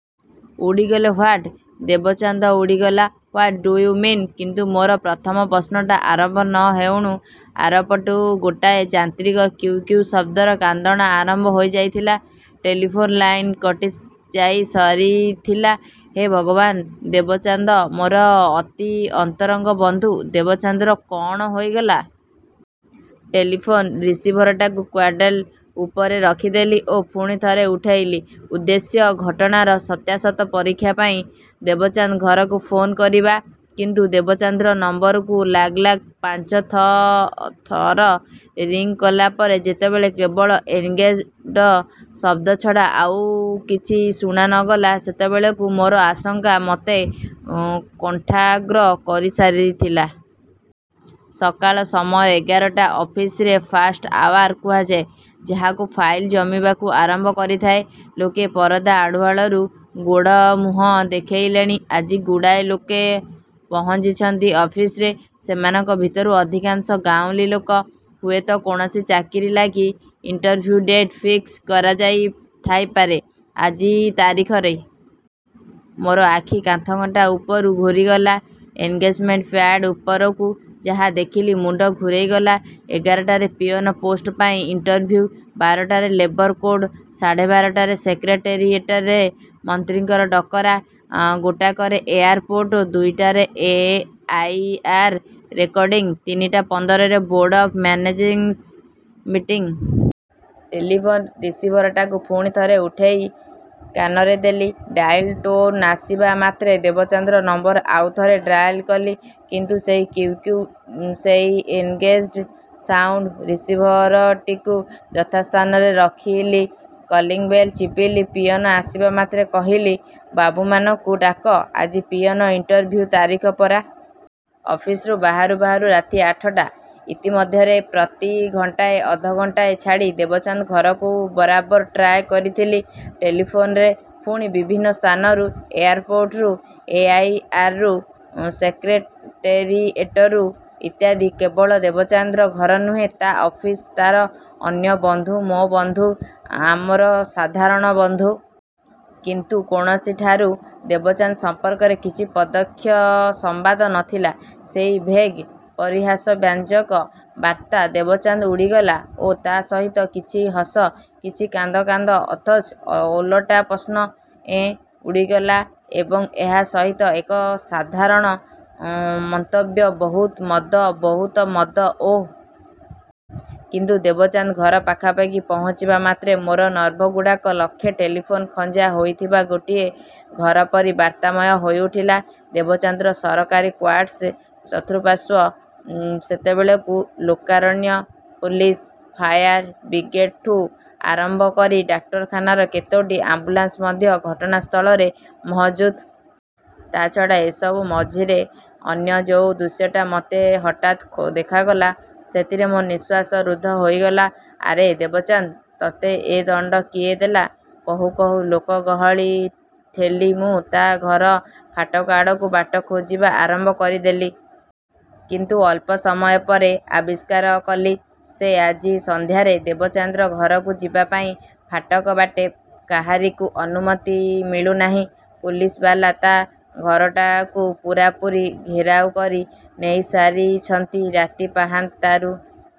ଉଡ଼ିଗଲେ! What? Debchand? ଉଡ଼ିଗଲା? What do you mean? କିନ୍ତୁ ମୋର ପ୍ରଥମ ପ୍ରଶ୍ନଟା ଆରମ୍ଭ ନ ହେଉଣୁ ଆରପଟୁ ଗୋଟାଏ ଯାନ୍ତ୍ରିକ କ୍ୟୁଁ କ୍ୟୁଁ ଶବ୍ଦର କାନ୍ଦଣା ଆରମ୍ଭ ହୋଇଯାଇଥିଲା। Telephone line କଟିଯାଇସାରିଥିଲା। ହେ ଭଗବାନ! ଦେବଚାନ୍ଦ, ମୋର ଅତି ଅନ୍ତରଙ୍ଗ ବନ୍ଧୁ ଦେବଚାନ୍ଦର କଅଣ ହୋଇଗଲା! ଟେଲିଫୋନ ରିସିଭରଟାକୁ କ୍ରାଡଲ ଉପରେ ରଖିଦେଲି ଓ ପୁଣି ଥରେ ଉଠେଇଲି। ଉଦ୍ଦେଶ୍ୟ, ଘଟଣାର ସତ୍ୟାସତ୍ୟ ପରୀକ୍ଷା ପାଇଁ ଦେବଚାନ୍ଦ ଘରକୁ ଫୋନ କରିବା। କିନ୍ତୁ ଦେବଚାନ୍ଦର ନମ୍ବରକୁ ଲାଗ୍ ଲାଗ୍ ପାଞ୍ଚ ଥର ରିଂ କଲା ପରେ ଯେତେବେଳେ କେବଳ ଏନଗେଜ୍‌ଡ ଶବ୍ଦ ଛଡ଼ା ଆଉ କିଛି ଶୁଣା ନ ଗଲା, ସେତେବେଳକୁ ମୋର ଆଶଙ୍କା ମତେ କଣ୍ଠାଗ୍ର କରିସାରିଥିଲା। ସକାଳ ସମୟ ଏଗାରଟା। ଅଫିସରେ ଫାଷ୍ଟ ଆୱାର କୁହାଯାଏ ଯାହାକୁ। ଫାଇଲ ଜମିବାକୁ ଆରମ୍ଭ କରିଥାଏ। ଲୋକେ ପରଦା ଆଢ଼ୁଆଳରୁ ଗୋଡ଼ ମୁହଁ ଦେଖେଇଲେଣି। ଆଜି ଗୁଡ଼ାଏ ଲୋକ ପହଞ୍ଚିଛନ୍ତି ଅଫିସରେ। ସେମାନଙ୍କ ଭିତରୁ ଅଧିକାଂଶ ଗାଉଁଲୀ ଲୋକ। ହୁଏତ କୌଣସି ଚାକିରି ଲାଗି ଇଣ୍ଟରଭ୍ୟୁ ଡେଟ୍ ଫିକ୍ସ କରାଯାଇ ଥାଇପାରେ ଆଜି ତାରିଖରେ। ମୋର ଆଖି କାନ୍ଥଘଣ୍ଟା ଉପରୁ ଘୂରିଗଲା ଏନଗେଜମେଣ୍ଟ ପ୍ୟାଡ୍ ଉପରକୁ। ଯାହା ଦେଖିଲି ମୁଣ୍ଡ ଘୂରେଇଗଲା। ଏଗାରଟାରେ ପିଅନ ପୋଷ୍ଟ ପାଇଁ ଇଣ୍ଟରଭ୍ୟୁ, ବାରଟାରେ ଲେବର କୋର୍ଟ, ସାଢ଼େ ବାରଟାରେ ସେକ୍ରେଟେରିଏଟରେ ମନ୍ତ୍ରୀଙ୍କ ଡକରା, ଗୋଟାକରେ ଏୟାରପୋର୍ଟ, ଦୁଇଟାରେ ଏ ଆଇ ଆର ରେକର୍ଡିଂ, ତିନିଟା ପନ୍ଦରରେ board of managing meeting. Telephone ରିସିଭରଟାକୁ ପୁଣି ଥରେ ଉଠେଇ କାନରେ ଦେଲି। ଡାଏଲ ଟୋନ ଆସିବା ମାତ୍ରେ ଦେବଚାନ୍ଦର ନମ୍ବର ଆଉ ଥରେ ଟ୍ରାଏ କଲି। କିନ୍ତୁ ସେଇ କ୍ୟୁଁ କ୍ୟୁଁ, ସେଇ ଏନଗେଜ୍‌ଡ ସାଉଣ୍ଡ! ରିସିଭରଟିକୁ ଯଥାସ୍ଥାନରେ ରଖିଲି। କଲିଂବେଲ ଚିପିଲି। ପିଅନ ଆସିବା ମାତ୍ରେ କହିଲି, ବାବୁମାନଙ୍କୁ ଡାକ, ଆଜି ପିଅନ ଇଣ୍ଟରଭ୍ୟୁ ତାରିଖ ପରା! ଅଫିସରୁ ବାହାରୁ ବାହାରୁ ରାତି ଆଠଟା। ଇତିମଧ୍ୟରେ ପ୍ରତି ଘଣ୍ଟାଏ ଅଧଘଣ୍ଟାଏ ଛାଡ଼ି ଦେବଚାନ୍ଦ ଘରକୁ ବରାବର ଟ୍ରାଏ କରିଥିଲି ଟେଲିଫୋନରେ। ପୁଣି ବିଭିନ୍ନ ସ୍ଥାନରୁ, ଏୟାରପୋର୍ଟରୁ, ଏ ଆଇ ଆରରୁ, ସେକ୍ରେଟେରିଏଟରୁ ଇତ୍ୟାଦି। କେବଳ ଦେବଚାନ୍ଦର ଘର ନୁହେଁ, ତା' ଅଫିସ, ତାର ଅନ୍ୟ ବନ୍ଧୁ, ମୋ ବନ୍ଧୁ, ଆମର ସାଧାରଣ ବନ୍ଧୁ। କିନ୍ତୁ କୌଣସିଠାରୁ ଦେବଚାନ୍ଦ ସମ୍ପର୍କରେ କିଛି ପ୍ରତ୍ୟକ୍ଷ ସମ୍ବାଦ ନ ଥିଲା। ସେଇ ଭେଗ୍ ପରିହାସବ୍ୟଞ୍ଜକ ବାର୍ତ୍ତା, ଦେବଚାନ୍ଦ ଉଡ଼ିଗଲା, ଓ ତା' ସହିତ କିଛି ହସ, କିଛି କାନ୍ଦ କାନ୍ଦ ଅଥଚ ଓଲଟା ପ୍ରଶ୍ନ, ଏଁ? ଉଡ଼ିଗଲା? ଏବଂ ଏହା ସହିତ ଏକ ସାଧାରଣ ମନ୍ତବ୍ୟ, ବହୁତ ମଦ, ବହୁତ ମଦ, ଓଃ! କିନ୍ତୁ ଦେବଚାନ୍ଦ ଘର ପାଖାପାଖି ପହଞ୍ଚିବା ମାତ୍ରେ ମୋର ନର୍ଭଗୁଡ଼ାକ ଲକ୍ଷେ ଟେଲିଫୋନ ଖଞ୍ଜା ହୋଇଥିବା ଗୋଟିଏ ଘର ପରି ବାର୍ତ୍ତାମୟ ହୋଇଉଠିଲା। ଦେବଚାନ୍ଦର ସରକାରୀ କ୍ୱାଟର୍ସ ଚତୁଃପାର୍ଶ୍ୱ ସେତେବେଳକୁ ଲୋକାରଣ୍ୟ। ପୁଲିସ, ଫାୟାର ବ୍ରିଗେଡଠୁଁ ଆରମ୍ଭ କରି ଡାକ୍ତରଖାନାର କେତୋଟି ଆମ୍ବୁଲାନ୍ସ ମଧ୍ୟ ଘଟଣାସ୍ଥଳରେ ମହଜୁଦ। ତା' ଛଡ଼ା, ଏସବୁ ମଝିରେ ଅନ୍ୟ ଯୋଉ ଦୃଶ୍ୟଟା ମତେ ହଠାତ୍ ଦେଖାଗଲା ସେଥିରେ ମୋ ନିଃଶ୍ୱାସ ରୁଦ୍ଧ ହୋଇଗଲା। ଆରେ ଦେବଚାନ୍ଦ, ତତେ ଏ ଦଣ୍ଡ କିଏ ଦେଲା! କହୁ କହୁ ଲୋକଗହଳି ଠେଲି ମୁଁ ତା' ଘର ଫାଟକ ଆଡ଼କୁ ବାଟ ଖୋଜିବା ଆରମ୍ଭ କରିଦେଲି। କିନ୍ତୁ ଅଳ୍ପ ସମୟ ପରେ ଆବିଷ୍କାର କଲି ଯେ ଆଜି ସନ୍ଧ୍ୟାରେ ଦେବଚାନ୍ଦର ଘରକୁ ଯିବା ପାଇଁ ଫାଟକ ବାଟେ କାହାରିକୁ ଅନୁମତି ମିଳୁନାହିଁ। ପୁଲିସବାଲା ତା' ଘରଟାକୁ ପୂରାପୂରି ଘେରାଉ କରି ନେଇସାରିଛନ୍ତି ରାତି ପାହାନ୍ତାରୁ।